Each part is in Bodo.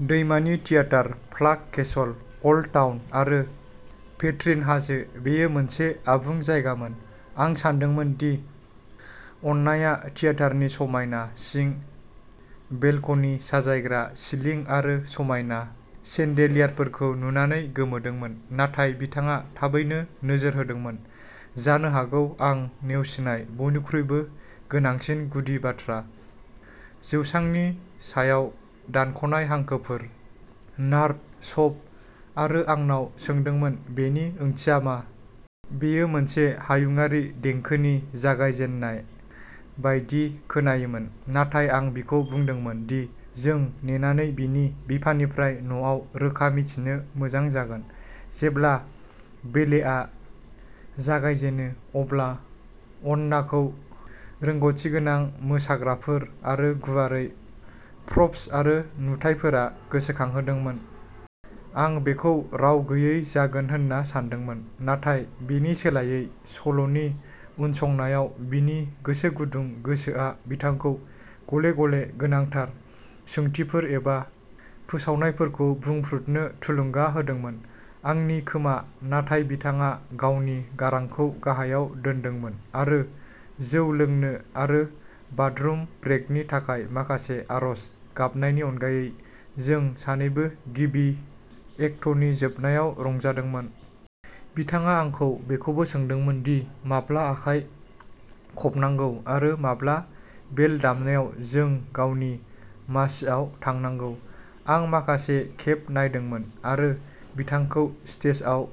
दैमानि theatre, Prague Castle, Old Town आरो पेट्रिन हाजो, बेयो मोनसे आबुं जायगामोन। आं सानदोंमोन दि आननाया थियेटारनि समायना सिं, बेलकनि, साजायग्रा सिलिं आरो समायना सेन्डेलियारफोरखौ नुनानै गोमोदोंमोन। नाथाय बिथाङा थाबैनो नोजोर होदोंमोन, जानो हागौ आं नेवसिनाय बयनिख्रुइबो गोनांसिन गुदि बाथ्रा, जौसांनि सायाव दानख'नाय हांखोफोर, नार'ड सब आरो आंनाव सोंदोंमोन बेनि ओंथिया मा। बेयो मोनसे हायुङारि देंखोनि जागायजे ननाय बायदि खोनायोमोन, नाथाय आं बिखौ बुंदोंमोन दि जों नेनानै बिनि बिफानिफ्राय न'आव रोखा मिथिनो मोजां जागोन। जेब्ला बेलेआ जागायजेनो, अब्ला आननाखौ रोंग'थिगोनां मोसाग्राफोर आरो गुवारै प्रप्स आरो नुथायफोरा गोसोखांदोंमोन। आं बेखौ राव गैयै जागोन होनना सानदोंमोन, नाथाय बेनि सोलायै, सल'नि उनसंनायाव बिनि गोसो गुदुं गोसोआ बिथांखौ गले गले गोनांथार सोंथिफोर एबा फोसावनायफोरखौ बुंफ्रुनो थुलुंगा होदोंमोन। आंनि खोमा। नाथाय बिथाङा गावनि गारांखौ गाहायाव दोनदोंमोन आरो जौ लोंनो आरो बाथरुम ब्रेकनि थाखाय माखासे आर'ज गाबनायनि अनगायै, जों सानैबो गिबि एक्टनि जोबनायाव रंजादोंमोन। बिथाङा आंखौ बेखौबो सोंदोंमोन दि माब्ला आखाइ खबनांगौ आरो माब्ला बेल दामनायाव जों गावनि मासिआव थांनांगौ। आं माखासे खेब नायदोंमोन आरो बिथांखौ स्टेजआव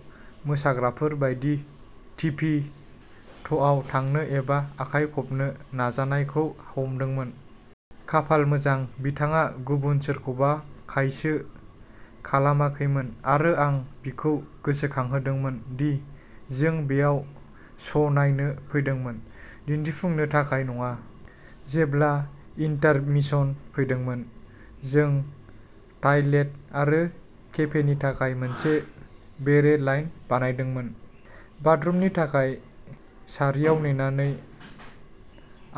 मोसाग्राफोर बायदि टिपी ट'आव थांनो एबा आखाइ खबनो नाजानायखौ हमदोंमोन। खाफाल मोजां, बिथाङा गुबुन सोरखौबा खायसो खालामाखैमोन आरो आं बिखौ गोसोखांहोदोंमोन दि जों बेयाव श'नायनो फैदोंमोन, दिन्थिफुंनो थाखाय नङा। जेब्ला इन्टारमिशन फैदोंमोन, जों टायलेट आरो केफेनि थाखाय मोनसे बेरे लाइन बानायदोंमोन। बाथरुमनि थाखाय सारियाव नेनानै,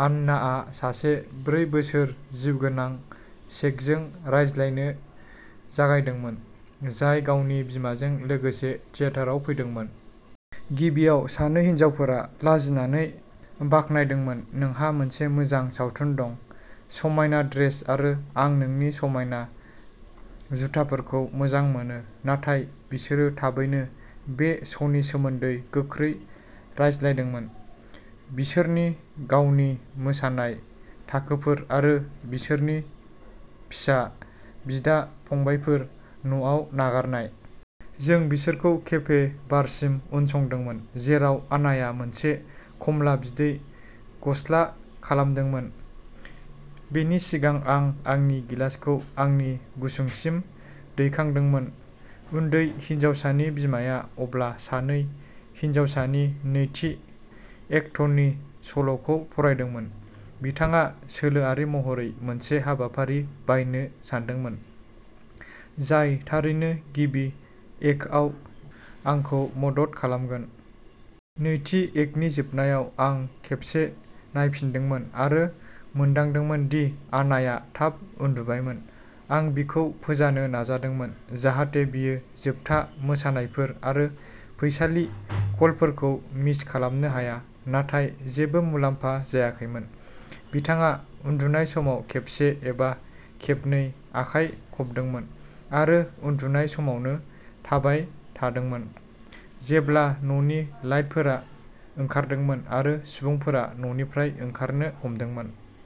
आननाआ सासे ब्रै बोसोरनि जिउगोनां चेकजों रायज्लायनो जागायदोंमोन, जाय गावनि बिमाजों लोगोसे थियेटाराव फैदोंमोन। गिबियाव, सानै हिनजावफोरा लाजिनायै बाखनायदोंमोन, नोंहा मोनसे मोजां सावथुन दं। समायना ड्रेस आरो आं नोंनि समायना जुथाफोरखौ मोजां मोनो, नाथाय बिसोरो थाबैनो बे श'नि सोमोन्दै गोख्रै रायज्लायदोंमोन, बिसोरनि गावनि मोसानाय थाखोफोर आरो बिसोरनि फिसा बिदा-फंबायफोर, न'आव नागारनाय। जों बिसोरखौ केफे बारसिम उनसंदोंमोन, जेराव आनाया मोनसे खमला बिदै गस्ला खालामदोंमोन, बेनि सिगां आं आंनि गिलासखौ आंनि गुसुंसिम दैखांदोंमोन। उन्दै हिनजावसानि बिमाया अब्ला सानै हिनजावसानि नैथि एक्टनि सल'खौ फरायदोंमोन। बिथाङा सोलोआरि महरै मोनसे हाबाफारि बायनो सानदोंमोन, जाय थारैनो गिबि एक्टआव आंखौ मदद खालामगोन। नैथि एक्टनि जोबनायाव, आं खेबसे नायफिनदोंमोन आरो मोनदांदोंमोन दि आनाया थाब उन्दुबायमोन। आं बिखौ फोजानो नाजादोंमोन जाहाथे बियो जोबथा मोसानायफोर आरो फैसालि कलफोरखौ मिस खालामनो हाया, नाथाय जेबो मुलाम्फा जायाखैमोन। बिथाङा उन्दुनाय समाव खेबसे एबा खेबनै आखाइ खबदोंमोन आरो उन्दुनाय समावनो थाबाय थादोंमोन, जेब्ला न'नि लाइटफोरा ओंखारदोंमोन आरो सुबुंफोरा न'निफ्राय ओंखारनो हमदोंमोन।